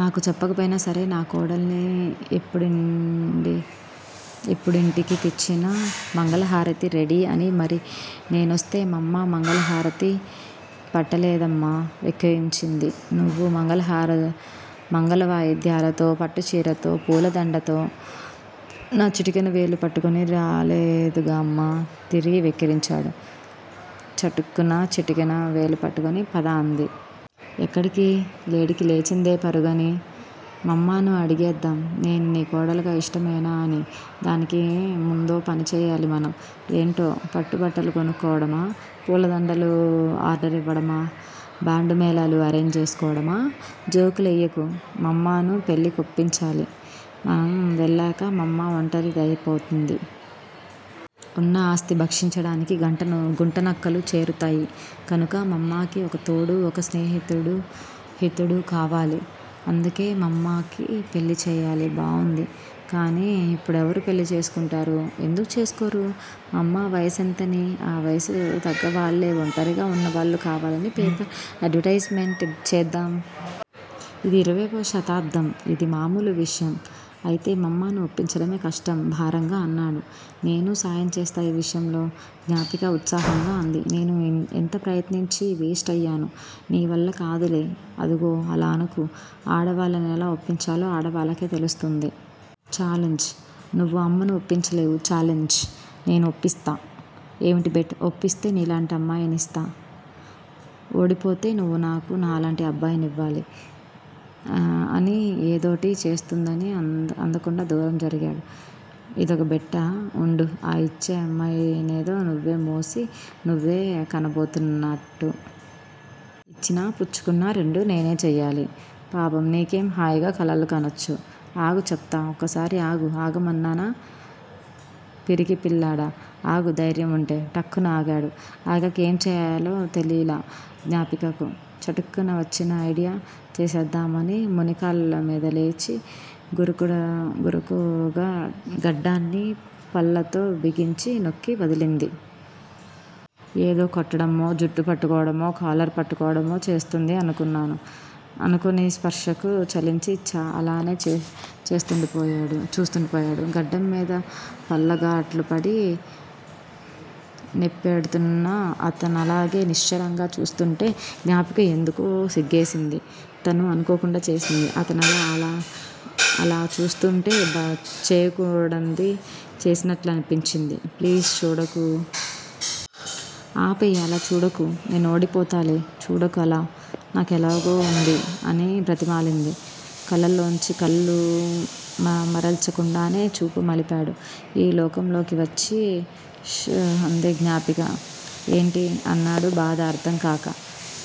నాకు చెప్పకపోయినా సరే నా కోడల్ని ఎప్పుడింటికి తెచ్చినా మంగళహారతి రెడీ' అని! మరి, నేనొస్తే మమ్మా మంగళహారతి పట్టలేదేమ్మా?! వెక్కిరించింది. నువ్వు మంగళవాయిద్యాలతో, పట్టుచీరతో, పూలదందతో, నా చిటికెన వేలు పట్టుకుని రాలేదుగామ్మా! తిరిగి వెక్కిరించాడు. చటుకున్న చిటికెన వేలు పట్టుకుని, పద! అంది. ఎక్కడికీ లేడికి లేచిందే పరుగని?! మమ్మాను అడిగేద్దాం- 'నేను నీ కోడలుగా ఇష్టమేనా ' అని! దానికి ముందో పని చెయ్యాలి మనం! ఏంటో?! పట్టుబట్టల కొనుక్కోవడమా? పూలదండలకు ఆర్దరివ్వడమా? బాండూ, మేళాలు అరేంజ్ చేసుకోవడమా? జోకులెయ్యకు! మమ్మాను పెళ్ళికొప్పించాలి! మనం వెళ్లాక మమ్మా ఒంటరి దయిపోతుంది. ఉన్న ఆస్తి భక్షించడానికి గుంటనక్కలు చేరతాయి. కనుక మమ్మాకి ఒక తోడూ, ఒక స్నేహితుడూ, హితుడు కావాలి! అందుకే మమ్మాకి పెళ్ళి చెయ్యాలి. బావుంది! కానీ, ఇప్పుడెవరు పెళ్ళి చేసుకుంటారు? ఎందుకు చేసుకోరు? మామ్మా వయ సెంతని? ఆ వయసుకు తగ్గవాళ్ళే, ఒంటరిగా ఉన్నవాళ్ళు కావాలని పేపర్ అడ్వటైజ్ మెంట్ చేద్దాం! ఇది ఇరవై వ శతాబ్దం ఇది మామూలు విషయం! అయితే మమ్మాను ఒప్పించడమే కష్టం! భారంగా అన్నాడు. నేనూ సాయం చేస్తా ఈ విషయంలో! జ్ఞాపిక ఉత్సాహంగా అంది. నేను ఎంత ప్రయత్నించీ వేస్టయ్యాను. నీవల్ల కాదులే! అదుగో అలా అనకు! ఆడవాళ్ళనెలా ఒప్పించాలో ఆడవాళ్ళకే తెలుస్తుంది. ఛాలెంజ్! నువ్వు అమ్మను ఒప్పించలేవు. ఛాలెంజ్! నేను ఒప్పిస్తా! ఏవిటి బెట్? ఒప్పిస్తే నీలాంటి అమ్మాయినిస్తా! ఓడిపోతే నువ్వు నాకు నాలాంటి అబ్బాయినివ్వాలి! అని ఏదోటి చేస్తుందని అందకుండా దూరం జరిగాడు. ఇదొక బెట్టా! ఉండు ఆ ఇచ్చే అమ్మాయినేదో నువ్వే మోసి, నువ్వే కనబోతున్నాట్టు! ఇచ్చినా, పుచ్చుకున్నా రెండూ నేనే చెయ్యాలి! పాపం- నీకేం హాయిగా కలలు కనొచ్చు! ఆగు చెప్తా! ఒక్కసారి ఆగు! ఆగమన్నానా పిరికిపిల్లాడా- ఆగు దైర్యం ఉంటే! ఠక్కున ఆగాడు! ఆగాక ఏంచెయ్యాలో తెలీలా గ్నపికకు! చటుక్కున వచ్చిన ఐడియా చేసేద్దామని మునికాళ్ల మీద లేచి గరుకుగడ్డాన్ని పళ్లతో బిగించి నొక్కి వదిలింది. ఏదో కొట్టడమో, జుట్టు పట్టుకోవడమో, కాలర్ పట్టుకోవడమో చేస్తుంది అనుకున్నాడు. అనుకొని స్పర్శకు చలించి అలానే చూస్తుండిపోయాడు. గడ్డంమీద పళ్లగాట్లు పడి నెప్పెడుతున్నా అతనలాగే నిశ్చలంగా చూస్తుంటే జ్ఞాపిక కెందుకో సిగ్గేసింది! తనూ అనుకోకుండా చేసింది. అతనలా, అలా చూస్తూంటే చేయకూడంది చేసినట్లనిపించింది. ప్లీజ్ చూడకూ! ఆ పేయ్ఁ అలా చూడకూ! నేనోదిపోతాలే- చూడకూ అలా! నాకెలాగో ఉంది! అని బ్రతిమాలింది. కళ్ళలోంచి కళ్ళు మరల్చకుండానే చూపు మలిపాడు- ఈ లోకంలోకి వచ్చి. ష్చ్ అంది జ్ఞాపిక. ఏంటి? అన్నాడు బాధ అర్థంకాక.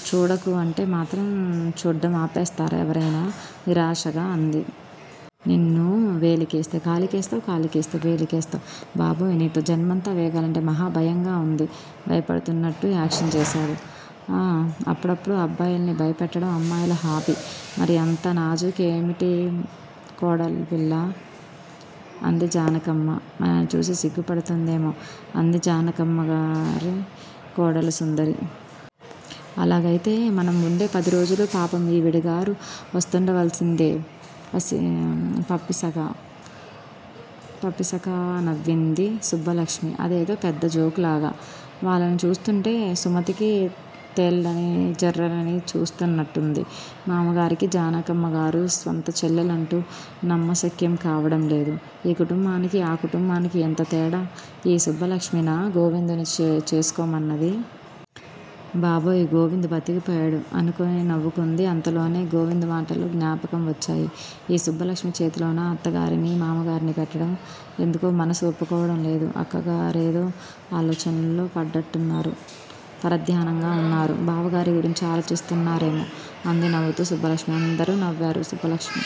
చూడకూ అంటే మాత్రం చూడ్డం ఆపేస్తారా ఎవరయినా?! నిరాశాగా అంది. నిన్నూ! వేలికేస్తే కాలికేస్తావ్, కాలికేస్తే వేలికేస్తావ్! బాబోయ్ఁ నీతో జన్మంతా వేగాలంటే మహా భయంగా ఉంది! భయపడుతున్నట్టు యాక్షన్ చేశాడు. ఆఁ అప్పుడప్పుడు అబ్బాయిల్ని భయపెట్టడం అమ్మాయిల హాబీ! మరీ అంత నాజుకేమిటి కోడలుపిల్లా? అంది జానకమ్మ మనని చూసి సిగ్గు పడుతుందేమో! అంది జానకమ్మగారి కోడలు సుందరి. అలాగయితే మనంవుండే పదిరోజులూ పాపం ఈవిడగారు పస్తుండవలసిందే పపిసకా నవ్వింది సుబ్బలక్ష్మి అదేదో పెద్ద జోకులాగా. వాళ్ళని చూస్తుంటే సుమతికి తేళ్ళనీ, జెర్రులనీ చూస్తూన్నట్టుంది. మామగారికి జానకమ్మగారు స్వంత చేల్లెలంటే నమ్మశక్యం కావడంలేదు. ఈ కుటుంబానికీ ఆ కుటుంబానికీ ఎంతతేడా! ఈ సుబ్బలక్ష్మినా, గోవిందుని చేసుకొమన్నది? బాబోయ్ గోవింద్ బతికిపోయాడు అనుకుని నవ్వుకుంది అంతలోనే గోవిందు మాటలు జ్ఞాపకం వచ్చాయి. ఈ సుబ్బలక్ష్మి చేతిలోనా అత్తగారినీ, మామగారినీ పెట్టడం? ఎందుకో మనసు ఒప్పుకోవడంలేదు. అక్కగారేదో ఆలోచనలో పడ్డట్టున్నారు. పరధ్యానంగా వున్నారు. బావాగారి గురించి ఆలోచిస్తున్నారేమో! అంది నవ్వుతూ సుబ్బలక్ష్మి. అందరూ నవ్వేరు. సుబ్బలక్ష్మి